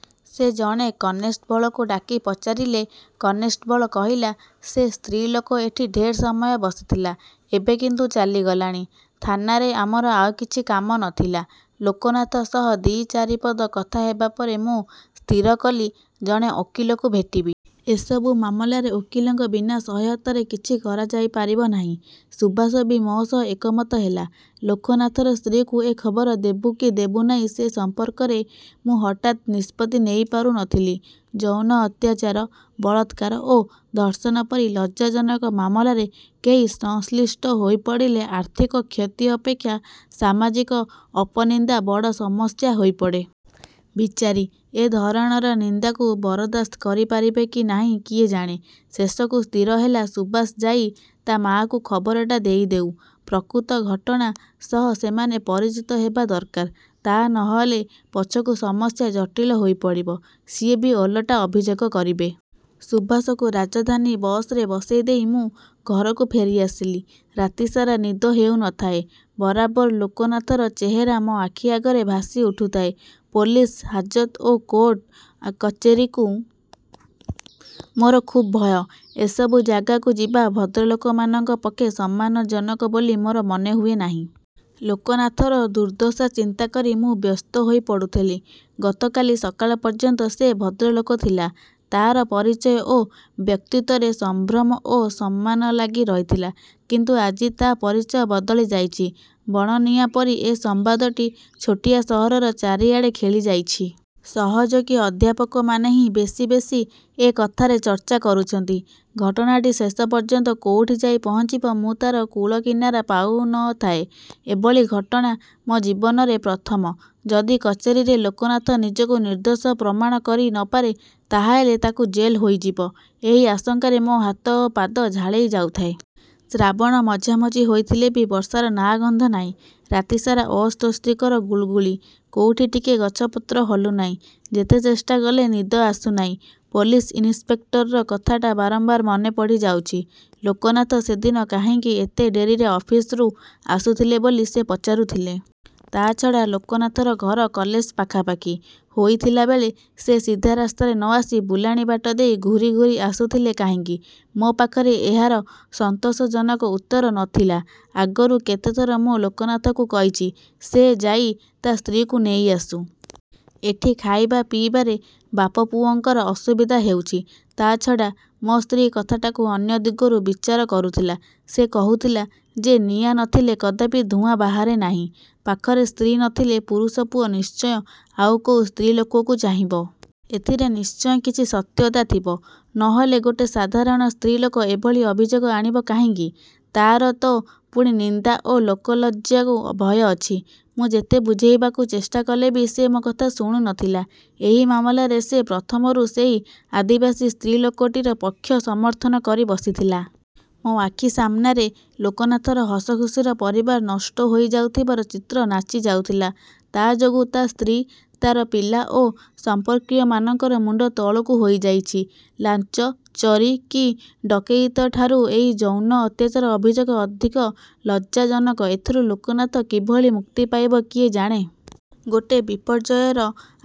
" ସେ ଜଣେ କନେଷ୍ଟବଳକୁ ଡାକି ପଚାରିଲେ। କନେଷ୍ଟବଳ କହିଲା, "ସେ ସ୍ତ୍ରୀଲୋକ ଏଠି ଢେର୍ ସମୟ ବସିଥିଲା, ଏବେ କିନ୍ତୁ ଚାଲିଗଲାଣି। " ଥାନାରେ ଆମର ଆଉ କିଛି କାମ ନ ଥିଲା। ଲୋକନାଥ ସହ ଦି ଚାରିପଦ କଥା ହେବାପରେ ମୁଁ ସ୍ଥିର କଲି ଜଣେ ଓକିଲଙ୍କୁ ଭେଟିବି। ଏସବୁ ମାମଲାରେ ଓକିଲଙ୍କ ବିନା ସହାୟତାରେ କିଛି କରାଯାଇପାରିବ ନାହିଁ। ସୁଭାଷ ବି ମୋ ସହ ଏକମତ ହେଲା। ଲୋକନାଥର ସ୍ତ୍ରୀକୁ ଏ ଖବର ଦେବୁ କି ଦେବୁ ନାହିଁ ସେ ସମ୍ପର୍କରେ ମୁଁ ହଠାତ୍ ନିଷ୍ପତ୍ତି ନେଇପାରୁ ନଥିଲି। ଯୌନ ଅତ୍ୟାଚାର, ବଳାତ୍କାର ଓ ଧର୍ଷଣ ପରି ଲଜ୍ଜାଜନକ ମାମଲାରେ କେହି ସଂଶ୍ଳିଷ୍ଟ ହୋଇପଡ଼ିଲେ ଆର୍ଥିକ କ୍ଷତି ଅପେକ୍ଷା ସାମାଜିକ ଅପନିନ୍ଦା ବଡ଼ ସମସ୍ୟା ହୋଇପଡ଼େ। ବିଚାରୀ! ଏ ଧରଣର ନିନ୍ଦାକୁ ବରଦାସ୍ତ କରିପାରିବେ କି ନାହିଁ କିଏ ଜାଣେ। ଶେଷକୁ ସ୍ଥିରହେଲା, ସୁଭାଷ ଯାଇ ତା ମାଆକୁ ଖବରଟା ଦେଇଦେଉ। ପ୍ରକୃତ ଘଟଣା ସହ ସେମାନେ ପରିଚିତ ହେବା ଦରକାର! ତାହା ନ ହେଲେ ପଛକୁ ସମସ୍ୟା ଜଟିଳ ହୋଇପଡ଼ିବ। ସିଏ ବି ଓଲଟା ଅଭିଯୋଗ କରିବେ। ସୁଭାଷକୁ ରାଜଧାନୀ ବସରେ ବସେଇ ଦେଇ ମୁଁ ଘରକୁ ଫେରିଆସିଲି। ରାତିସାରା ନିଦ ହେଉ ନଥାଏ। ବରାବର ଲୋକନାଥର ଚେହେରା ମୋ ଆଖି ଆଗରେ ଭାସି ଉଠୁଥାଏ। ପୋଲିସ୍, ହାଜତ ଓ କୋର୍ଟ କଚେରିକୁ ମୋର ଖୁବ୍ ଭୟ। ଏସବୁ ଜାଗାକୁ ଯିବା ଭଦ୍ରଲୋକମାନଙ୍କ ପକ୍ଷେ ସମ୍ମାନଜନକ ବୋଲି ମୋର ମନେହୁଏ ନାହିଁ। ଲୋକନାଥର ଦୁର୍ଦ୍ଦଶା ଚିନ୍ତା କରି ମୁଁ ବ୍ୟସ୍ତ ହୋଇପଡ଼ୁଥିଲି। ଗତକାଲି ସକାଳ ପର୍ଯ୍ୟନ୍ତ ସେ ଭଦ୍ରଲୋକ ଥିଲା। ତାର ପରିଚୟ ଓ ବ୍ୟକ୍ତିତ୍ୱରେ ସଂଭ୍ରମ ଓ ସମ୍ମାନ ଲାଗି ରହିଥିଲା। କିନ୍ତୁ ଆଜି ତା ପରିଚୟ ବଦଳି ଯାଇଚି। ବଣନିଆଁ ପରି ଏ ସମ୍ବାଦଟି ଛୋଟିଆ ସହରର ଚାରିଆଡ଼େ ଖେଳିଯାଇଛି। ସହଯୋଗୀ ଅଧ୍ୟାପକମାନେ ହିଁ ବେଶୀ ବେଶୀ ଏ କଥାର ଚର୍ଚ୍ଚା କରୁଛନ୍ତି। ଘଟଣାଟି ଶେଷ ପର୍ଯ୍ୟନ୍ତ କୋଉଠି ଯାଇ ପହଞ୍ଚିବ ମୁଁ ତାର କୂଳକିନାରା ପାଉ ନ ଥାଏ। ଏଭଳି ଘଟଣା ମୋ ଜୀବନରେ ପ୍ରଥମ। ଯଦି କଚେରିରେ ଲୋକନାଥ ନିଜକୁ ନିର୍ଦ୍ଦୋଷ ପ୍ରମାଣ କରି ନପାରେ ତାହାହେଲେ ତାକୁ ଜେଲ୍ ହୋଇଯିବ-ଏହି ଆଶଙ୍କାରେ ମୋ ହାତ ଓ ପାଦ ଝାଳେଇ ଯାଉଥାଏ। ଶ୍ରାବଣ ମଝାମଝି ହୋଇଥିଲେ ବି ବର୍ଷାର ନାଁ-ଗନ୍ଧ ନାହିଁ। ରାତିସାରା ଅସ୍ୱସ୍ତିକର ଗୁଳୁଗୁଳି। କୋଉଠି ଟିକେ ଗଛପତ୍ର ହଲୁନାହିଁ। ଯେତେ ଚେଷ୍ଟା କଲେ ନିଦ ଆସୁ ନାହିଁ। ପୋଲିସ୍ ଇନିସ୍ପେକ୍ଟରର କଥାଟା ବାରମ୍ବାର ମନେ ପଡ଼ିଯାଉଛି। ଲୋକନାଥ ସେଦିନ କାହିଁକି ଏତେ ଡେରିରେ ଅଫିସ୍ରୁ ଆସୁଥିଲେ ବୋଲି ସେ ପଚାରୁଥିଲେ। ତା'ଛଡ଼ା ଲୋକନାଥର ଘର କଲେଜ ପାଖାପାଖି ହୋଇଥିଲାବେଳେ ସେ ସିଧା ରାସ୍ତାରେ ନ ଆସି ବୁଲାଣି ବାଟ ଦେଇ ଘୂରି ଘୂରି ଆସୁଥିଲେ କାହିଁକି? ମୋ ପାଖରେ ଏହାର ସନ୍ତୋଷଜନକ ଉତ୍ତର ନ ଥିଲା। ଆଗରୁ କେତେଥର ମୁଁ ଲୋକନାଥକୁ କହିଛି, ସେ ଯାଇ ତା ସ୍ତ୍ରୀକୁ ନେଇ ଆସୁ। ଏଠି ଖାଇବା ପିଇବାରେ ବାପପୁଅଙ୍କର ଅସୁବିଧା ହେଉଛି। ତାଛଡ଼ା ମୋ ସ୍ତ୍ରୀ କଥାଟାକୁ ଅନ୍ୟ ଦିଗରୁ ବିଚାର କରୁଥିଲା। ସେ କହୁଥିଲା ଯେ ନିଆଁ ନଥିଲେ କଦାପି ଧୂଆଁ ବାହାରେ ନାହିଁ। ପାଖରେ ସ୍ତ୍ରୀ ନଥିଲେ ପୁରୁଷ ପୁଅ ନିଶ୍ଚୟ ଆଉ କୋଉ ସ୍ତ୍ରୀଲୋକକୁ ଚାହିଁବ। ଏଥିରେ ନିଶ୍ଚୟ କିଛି ସତ୍ୟତା ଥିବ। ନହେଲେ ଗୋଟେ ସାଧାରଣ ସ୍ତ୍ରୀଲୋକ ଏଭଳି ଅଭିଯୋଗ ଆଣିବ କାହିଁକି? ତାର ତ ପୁଣି ନିନ୍ଦା ଓ ଲୋକଲଜ୍ଜାକୁ ଭୟ ଅଛି? ମୁଁ ଯେତେ ବୁଝେଇବାକୁ ଚେଷ୍ଟା କଲେ ବି ସେ ମୋ କଥା ଶୁଣୁ ନଥିଲା। ଏହି ମାମଲାରେ ସେ ପ୍ରଥମରୁ ସେଇ ଆଦିବାସୀ ସ୍ତ୍ରୀଲୋକଟିର ପକ୍ଷ ସମର୍ଥନ କରି ବସିଥିଲା। ମୋ ଆଖି ସାମ୍ନାରେ ଲୋକନାଥର ହସଖୁସିର ପରିବାର ନଷ୍ଟ ହୋଇଯାଉଥିବାର ଚିତ୍ର ନାଚିଯାଉଥିଲା। ତା ଯୋଗୁଁ ତା ସ୍ତ୍ରୀ, ତାର ପିଲା ଓ ସଂପର୍କୀୟମାନଙ୍କର ମୁଣ୍ଡ ତଳକୁ ହୋଇଯାଇଛି। ଲାଞ୍ଚ, ଚୋରି କି ଡକେଇତିଠାରୁ ଏଇ ଯୌନ ଅତ୍ୟାଚାର ଅଭିଯୋଗ ଅଧିକ ଲଜ୍ଜାଜନକ। ଏଥିରୁ ଲୋକନାଥ କିଭଳି ମୁକ୍ତି ପାଇବ କିଏ ଜାଣେ? ଗୋଟେ ବିପର୍ଯ୍ୟୟର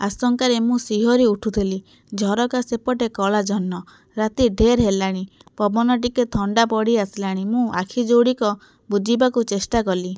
ଆଶଙ୍କାରେ ମୁଁ ଶିହରି ଉଠୁଥିଲି। ଝରକା ସେପଟେ କଳାଜହ୍ନ। ରାତି ଢେର୍ ହେଲାଣି। ପବନ ଟିକେ ଥଣ୍ଡା ପଡ଼ିଆସିଲାଣି। ମୁଁ ଆଖିଯୋଡ଼ିକ ବୁଜିବାକୁ ଚେଷ୍ଟା କଲି।